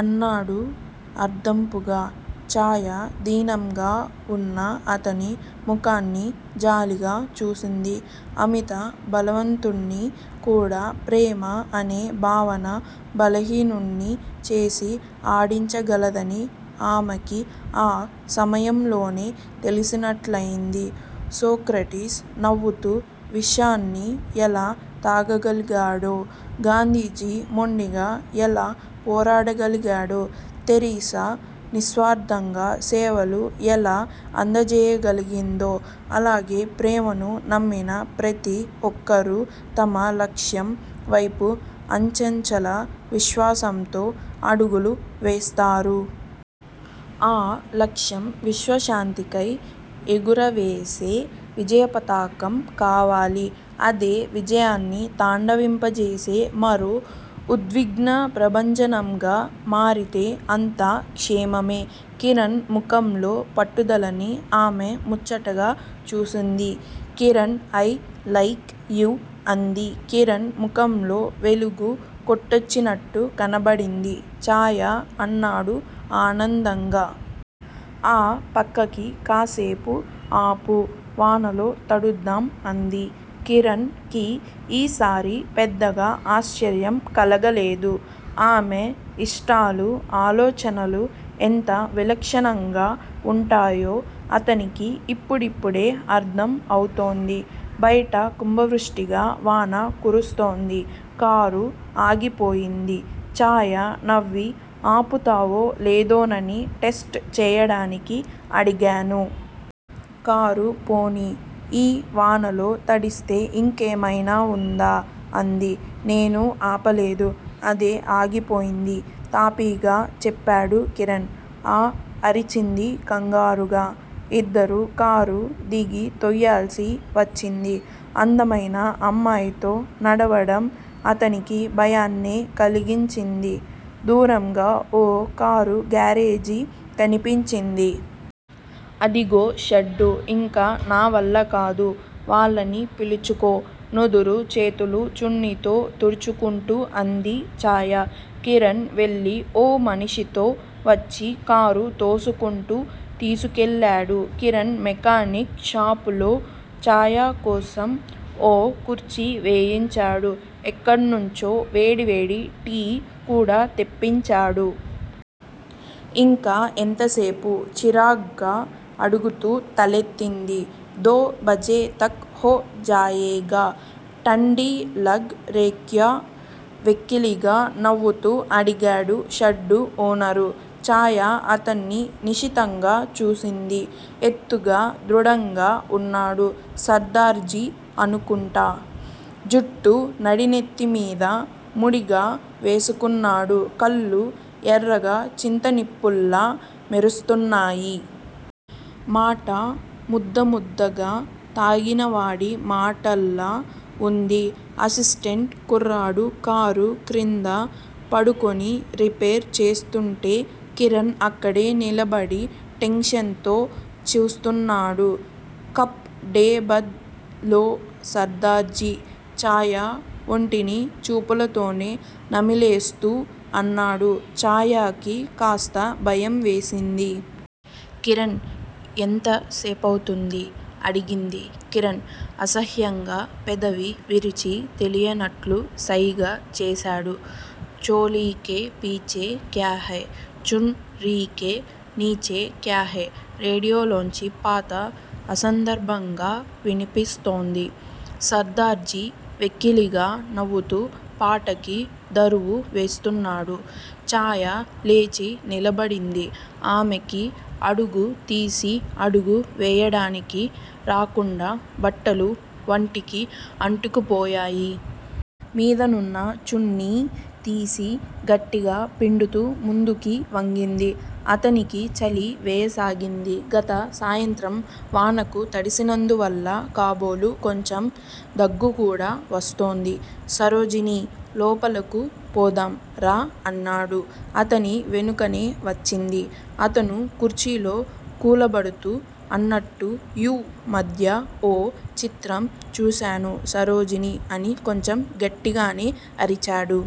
అన్నాడు అర్దింపుగా. చాయ దీనంగా వున్న అతని ముఖాన్ని జాలిగా చూసింది. అమిత బలవంతుడిని కూడా ప్రేమ అనే భావన బలహీనుడ్ని చేసి ఆడించగలదని ఆమెకి ఆ నిముషంలోనే తెలిసినట్లయింది. సోక్రటీస్ నవ్వుతూ విషాన్ని ఎలా త్రాగగలిగాడో? గాంధీజీ మొండిగా ఎలా పోరాడగలిగాడో? థెరిసా నిస్వార్ధంగా సేవలు ఎలా అందజేయగలిగిందో అలాగే ప్రేమను నమ్మిన ప్రతి ఒక్కరూ తమ లక్ష్యం వైపు అచంచల విశ్వాసంతో అడుగులు వేస్తారు. ఆ లక్ష్యం విశ్వశాంతికై ఎగురవేసే విజయపతాకం కావాలి. అదే విజయాన్ని తాండవింపజేసే మరో ఉద్విగ్నప్రభంజనంగా మారితే అంతా క్షేమమే. కిరణ్ ముఖంలోని పట్టుదలని ఆమె ముచ్చటగా చూసింది. కిరణ్ ఐ లైక్ యూ అంది. కిరణ్ ముఖంలో వెలుగు కొట్టొచ్చినట్టు కనబడింది. చాయా అన్నాడు ఆనందంగా. ఆ పక్కకి కాసేపు ఆపు, వానలో తడుద్దాం అంది. కిరణ్ కి ఈసారి పెద్దగా ఆశ్చర్యం కలగలేదు. ఆమె ఇష్టాలూ, ఆలోచనలూ ఎంత విలక్షణంగా వుంటాయో అతనికి ఇప్పుడిప్పుడే అర్ధం అవుతోంది. బయట కుంభవృష్టిగా వాన కురుస్తోంది. కారు ఆగిపోయింది. చాయ నవ్వి- ఆపుతావో లేదోనని టెస్టు చేయడానికి అడిగాను. కారు పోనీ! ఈ వానలో తడిస్తే ఇంకేమైనా వుందా? అంది. నేను ఆపలేదు. అదే ఆగిపోయింది తాపీగా చెప్పాడు కిరణ్. ఆ! అరిచింది కంగారుగా. ఇద్దరూ కారు దిగి తొయ్యాల్సి వచ్చింది. అందమైన అమ్మాయితో నడవడం అతనికి భయాన్నే కలిగించింది. దూరంగా ఓ కారు గ్యారేజీ కనిపించింది. అదిగో షెడ్డు ఇంక నావల్లకాదు! వాళ్ళని పిలుచుకో నుదురు, చేతులు చున్నీతో తుడుచుకుంటూ అంది చాయ. కిరణ్ వెళ్ళి ఓ మనిషితో వచ్చి కారు తోసుకుంటూ తీసుకెళ్ళాడు. కిరణ్ మెకానిక్ షాపులో చాయ కోసం ఓ కుర్చీ వేయించాడు. ఎక్కడ్నుంచో వేడివేడి టీ కూడా తెప్పించాడు. ఇంకా ఎంతసేపు? చిరాగ్గా అడుగుతూ తలెత్తింది. దో బజే తక్ హో జాయేగా! ఠండీ లగ్ రేక్యా వెకిలిగా నవ్వుతూ అడిగాడు షెడ్డు ఓనరు. చాయ అతన్ని నిశితంగా చూసింది. ఎత్తుగా, దృఢంగా వున్నాడు సర్దార్జీ అనుకుంటా! జుట్టు నడినెత్తిమీద ముడిగా వేసుకున్నాడు. కళ్ళు ఎర్రగా చింతనిప్పుల్లా మెరుస్తున్నాయి. మాట ముద్ద ముద్దగా తాగినవాడి మాటలా వుంది. అసిస్టెంట్ కుర్రాడు కారు క్రింద పడుకుని రిపేర్ చేస్తుంటే కిరణ్ అక్కడే నిలబడి టెన్షన్ తో చూస్తున్నాడు. కప్ డే బద్ లో సర్దార్జీ చాయ ఒంటిని చూపులతోనే నమిలేస్తూ అన్నాడు. చాయకి కాస్త భయం వేసింది. కిరణ్! ఎంత సేపవుతుంది? అడిగింది. కిరణ్ అసహ్యంగా పెదవి విరిచి తెలీదన్నట్లు సైగ చేశాడు. చోలీకే పీచే క్యాహై చున్ రీకే నీఛే క్యాహై రేడియోలోంచి పాత అసందర్భంగా వినిపిస్తోంది. సర్దార్జీ వెకిలిగా నవ్వుతూ పాటకి దరువు వేస్తున్నాడు. చాయ లేచి నిలబడింది. ఆమెకి అడుగు తీసి అడుగు వేయడానికి రాకుండా బట్టలు వంటికి అంటుకుపోయాయి. మీదనున్న చున్నీ తీసి గట్టిగా పిండుతూ ముందుకి వంగింది. అతనికి చలి వేయసాగింది. గత సాయంత్రం వానకు తడిసినందువల్ల కాబోలు కొంచెం దగ్గుకూడా వస్తోంది. సరోజినీ లోపలకు పోదాం రా అన్నాడు. అతని వెనుకనే వచ్చింది. అతను కుర్చీలో కూలబడుతూ అన్నట్టు యీ మధ్య ఓ చిత్రం చూశాను సరోజినీ అని కొంచెం గట్టిగానే అరిచాడు.